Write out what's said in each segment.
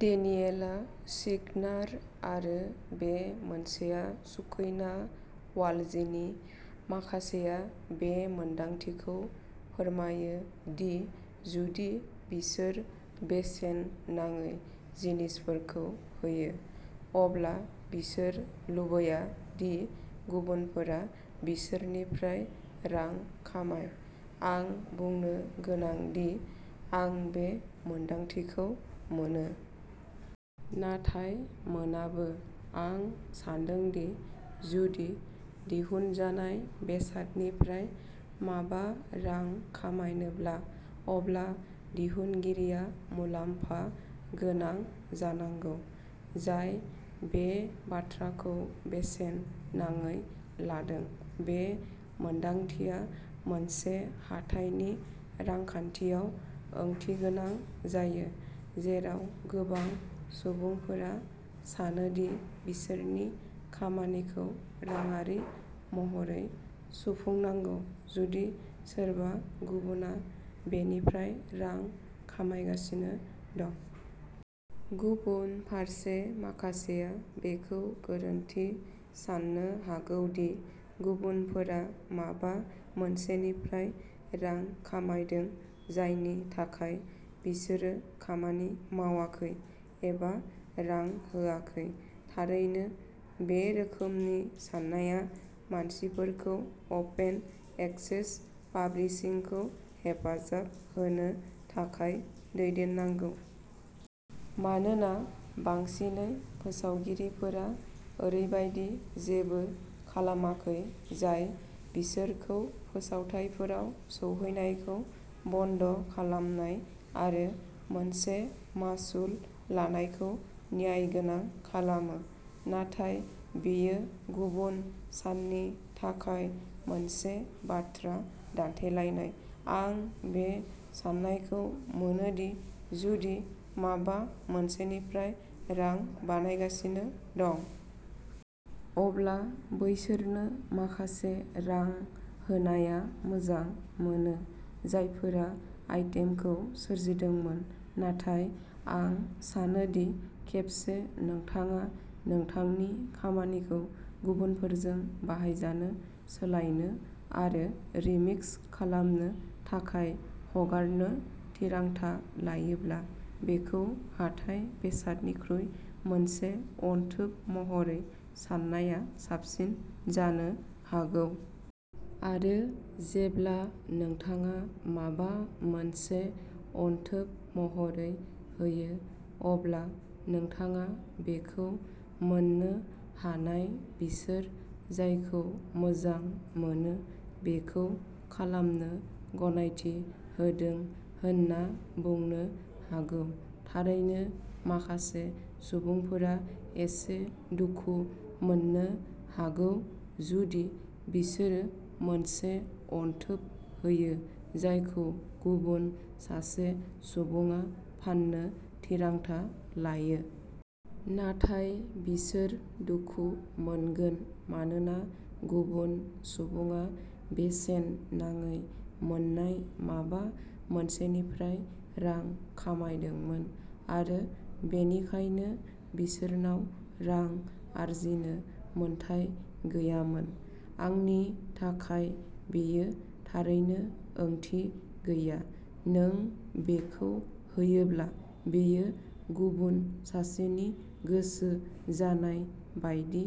Daniela सिगनार आरो बे मोनसेया सुकैना वालजिनि। माखासेया बे मोन्दांथिखौ फोरमायो दि जुदि बिसोर बेसेन नाङै जिनिसफोरखौ होयो। अब्ला बिसोर लुबैया दि गुबुनफोरा बिसोरनिफ्राय रां खामाय। आं बुंनो गोनां दि आं बे मोनदांथिखौ मोनो। नाथाय मोनाबो। आं सान्दों दि जुदि दिहुनजानाय बेसादनिफ्राय माबा रां खामायनोब्ला, अब्ला दिहुनगिरिया मुलाम्फा गोनां जानांगौ। जाय बे बाथ्राखौ बेसेन नाङै लादों। बे मोनदांथिया मोनसे हाथाइनि रांखान्थियाव ओंथिगोनां जायो। जेराव गोबां सुबुंफोरा सानो दि बिसोरनि खामानिखौ रांआरि महरै सुफुंनांगौ जुदि सोरबा गुबुनआ बेनिफ्राय रां खामायगासिनो दं। गुबुन फारसे माखासेया बेखौ गोरोन्थि साननो हागौ दि गुबुनफोरा माबा मोनसेनिफ्राय रां खामायदों जायनि थाखाय बिसोरो खामानि मावाखै एबा रां होआखै। थारैनो। बे रोखोमनि साननाया मानसिफोरखौ अपेन एक्सेस पाब्लिशिंखौ हेफाजाब होनो थाखाय दैदेननांगौ। मानोना, बांसिनै फोसावगिरिफोरा ओरैबायदि जेबो खालामाखै जाय बिसोरखौ फोसावथायफोराव सौहैनायखौ बन्द'खालामनाय आरो मोनसे मासुल लानायखौ न्यायगोनां खालामो। नाथाय बेयो गुबुन साननि थाखाय मोनसे बाथ्रा दान्थेलायनाय। आं बे साननायखौ मोनो दि जुदि माबा मोनसेनिफ्राय रां बानायगासिनो दं। अब्ला बैसोरनो माखासे रां होनाया मोजां मोनो जायफोरा आइटेमखौ सोरजिदोंमोन। नाथाय आं सानो दि खेबसे नोंथाङा नोंथांनि खामानिखौ गुबुनफोरजों बाहायजानो, सोलायनो आरो रिमिक्स खालामनो थाखाय हगारनो थिरांथा लायोब्ला। बेखौ हाथाइ बेसादनिख्रुइ मोनसे अनथोब महरै साननाया साबसिन जानो हागौ। आरो जेब्ला नोंथाङा माबा मोनसे अनथोब महरै होयो। अब्ला नोंथाङा बेखौ मोननो हानाय बिसोर जायखौ मोजां मोनो बेखौ खालामनो गनायथि होदों होनना बुंनो हागौ। थारैनो, माखासे सुबुंफोरा एसे दुखु मोननो हागौ जुदि बिसोरो मोनसे अनथोब होयो जायखौ गुबुन सासे सुबुङा फाननो थिरांथा लायो। नाथाय बिसोर दुखु मोनगोन मानोना गुबुन सुबुङा बेसेन नाङै मोन्नाय माबा मोनसेनिफ्राय रां खामायदोंमोन आरो बेनिखायनो बिसोरनाव रां आर्जिनो मोन्थाइ गैयामोन? आंनि थाखाय बेयो थारैनो ओंथि गैया। नों बेखौ होयोब्ला बेयो गुबुन सासेनि गोसो जानाय बायदि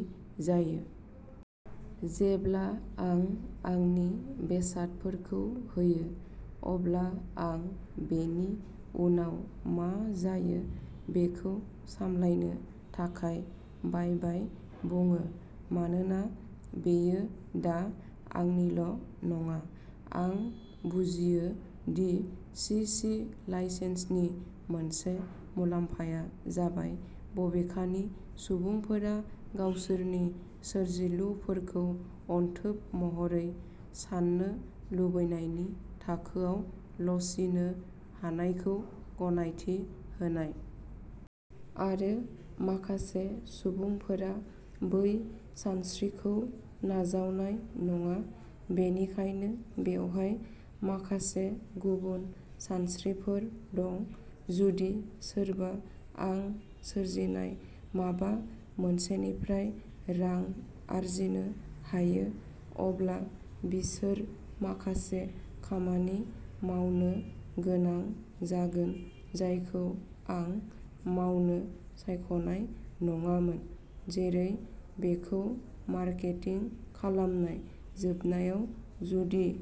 जायो। जेब्ला आं आंनि बेसादफोरखौ होयो। अब्ला आं बेनि उनाव मा जायो बेखौ सामलायनो थाखाय बायबाय बुङो। मानोना बेयो दा आंनिल' नङा। आं बुजियो दि सि सि लाइसेन्सनि मोनसे मुलाम्फाया जाबाय बबेखानि सुबुंफोरा गावसोरनि सोरजिलुफोरखौ अनथोब महरै साननो लुबैनायनि थाखोआव लचिनो हानायखौ गनायथि होनाय। आरो माखासे सुबुंफोरा बै सानस्रिखौ नाजावनाय नङा। बेनिखायनो बेवहाय माखासे गुबुन सानस्रिफोर दं। जुदि सोरबा आं सोरजिनाय माबा मोनसेनिफ्राय रां आर्जिनो हायो। अब्ला बिसोर माखासे खामानि मावनो गोनां जागोन जायखौ आं मावनो सायख'नाय नङामोन। जेरै बेखौ मार्केटिं खालामनाय। जोबनायाव जुदि --